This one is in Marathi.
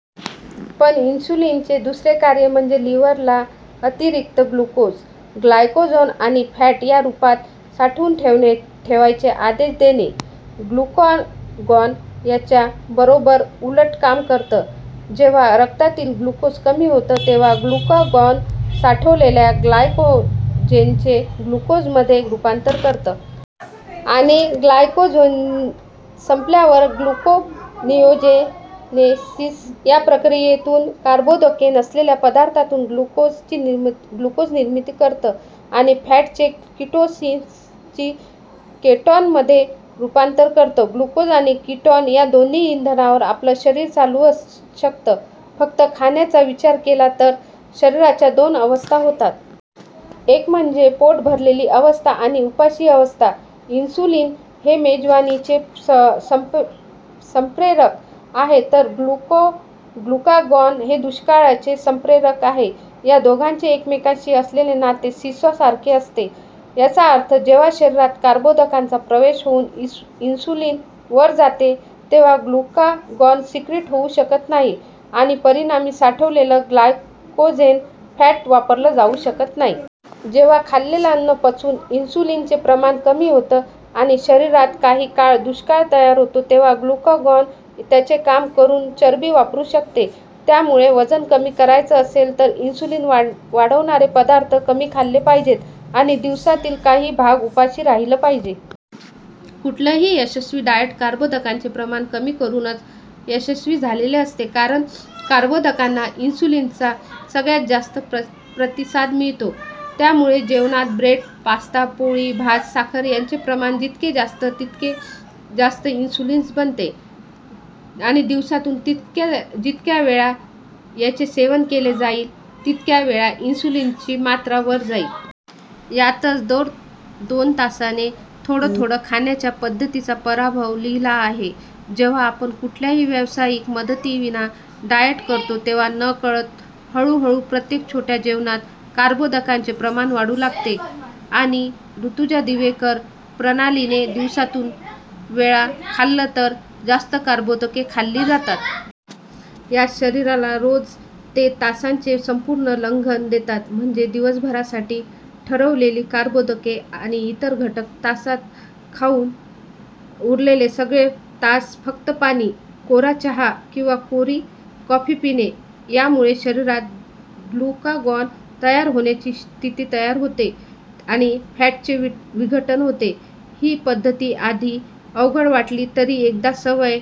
पण इन्सुलिनचे दुसरे कार्य म्हणजे लिव्हर ला अतिरिक्त ग्लुकोज, ग्लायकोजेन आणि फॅट या रूपात साठवून ठेवायचे आदेश देणे. ग्लुकागॉन याच्या बरोब्बर उलट काम करतं. जेव्हा रक्तातील ग्लुकोज कमी होतं तेव्हा ग्लुकागॉन साठवलेल्या ग्लायकोजेनचे ग्लुकोज मध्ये रूपांतर करतं. आणि ग्लायकोजेन संपल्यावर ग्लुकोनियोजेनेसिस या प्रक्रियेतून कर्बोदके नसलेल्या पदार्थातून ग्लुकोज निर्मिती करतं. आणि फॅटचे किटोसिसनी केटोन मध्ये रूपांतर करतं. ग्लुकोज आणि कीटोन या दोन्ही इंधनांवर आपलं शरीर चालू शकतं. फक्त खाण्याचा विचार केला तर शरीराच्या दोन अवस्था होतात. एक म्हणजे पोट भरलेली अवस्था आणि उपाशी अवस्था. इन्सुलिन हे मेजवानीचे संप्रेरक आहे तर ग्लुकागॉन हे दुष्काळाचे संप्रेरक आहे. या दोघांचे एकमेकांशी असलेले नाते सीसॉ सारखे असते. याचा अर्थ जेव्हा शरीरात कर्बोदकांचा प्रवेश होऊन इन्सुलिन वर जाते, तेव्हा ग्लुकागॉन सिक्रीट होऊ शकत नाही आणि परिणामी साठवलेलं ग्लायकोजेन, फॅट वापरलं जाऊ शकत नाही. जेव्हा खाल्लेलं अन्न पचवून इन्सुलिन चे प्रमाण कमी होते आणि शरीरात काही काळ दुष्काळ तयार होतो, तेव्हाच ग्लुकागॉन त्याचे काम करून चरबी वापरू शकते. त्यामुळे वजन कमी करायचं असेल तर इन्सुलिन वाढवणारे पदार्थ कमी खाल्ले पाहिजेत किंवा दिवसातील काही भाग उपाशी राहिलं पाहिजे. कुठलंही यशस्वी डाएट कर्बोदकांचे प्रमाण कमी करूनच यशस्वी झालेले असते. कारण कर्बोदकांना इन्सुलिनचा सगळ्यात जास्त प्रतिसाद मिळतो. त्यामुळे जेवणात ब्रेड, पास्ता, पोळी, भात, साखर याचे प्रमाण जितके जास्त तितके जास्त इन्सुलिन बनते. आणि दिवसातून जितक्यावेळा यांचे सेवन केले जाईल तितक्या वेळा इन्सुलिनची मात्रा वर जाईल. यातच दर दोन तासाने थोडं थोडं खाण्याच्या पद्धतीचा पराभव लिहिला आहे. जेव्हा आपण कुठल्याही व्यावसायिक मदतीविना डाएट करतो तेव्हा नकळत हळू हळू प्रत्येक छोट्या जेवणात कर्बोदकांचे प्रमाण वाढू लागते. आणि ऋजुता दिवेकर प्रणालीने दिवसातून वेळा खाल्लं तर जास्त कर्बोदके खाल्ली जातात. यात शरीराला रोज ते तासांचे संपूर्ण लंघन देतात. म्हणजे दिवसभरासाठी ठरवलेली कर्बोदके आणि इतर घटक तासात खाऊन उरलेले सगळे तास फक्त पाणी, कोरा चहा किंवा कोरी कॉफी पिणे. यामुळे शरीरात ग्लुकागॉन तयार होण्याची स्थिती तयार होते आणि फॅटचे विघटन होते. ही पद्धती आधी अवघड वाटली तरी एकदा सवय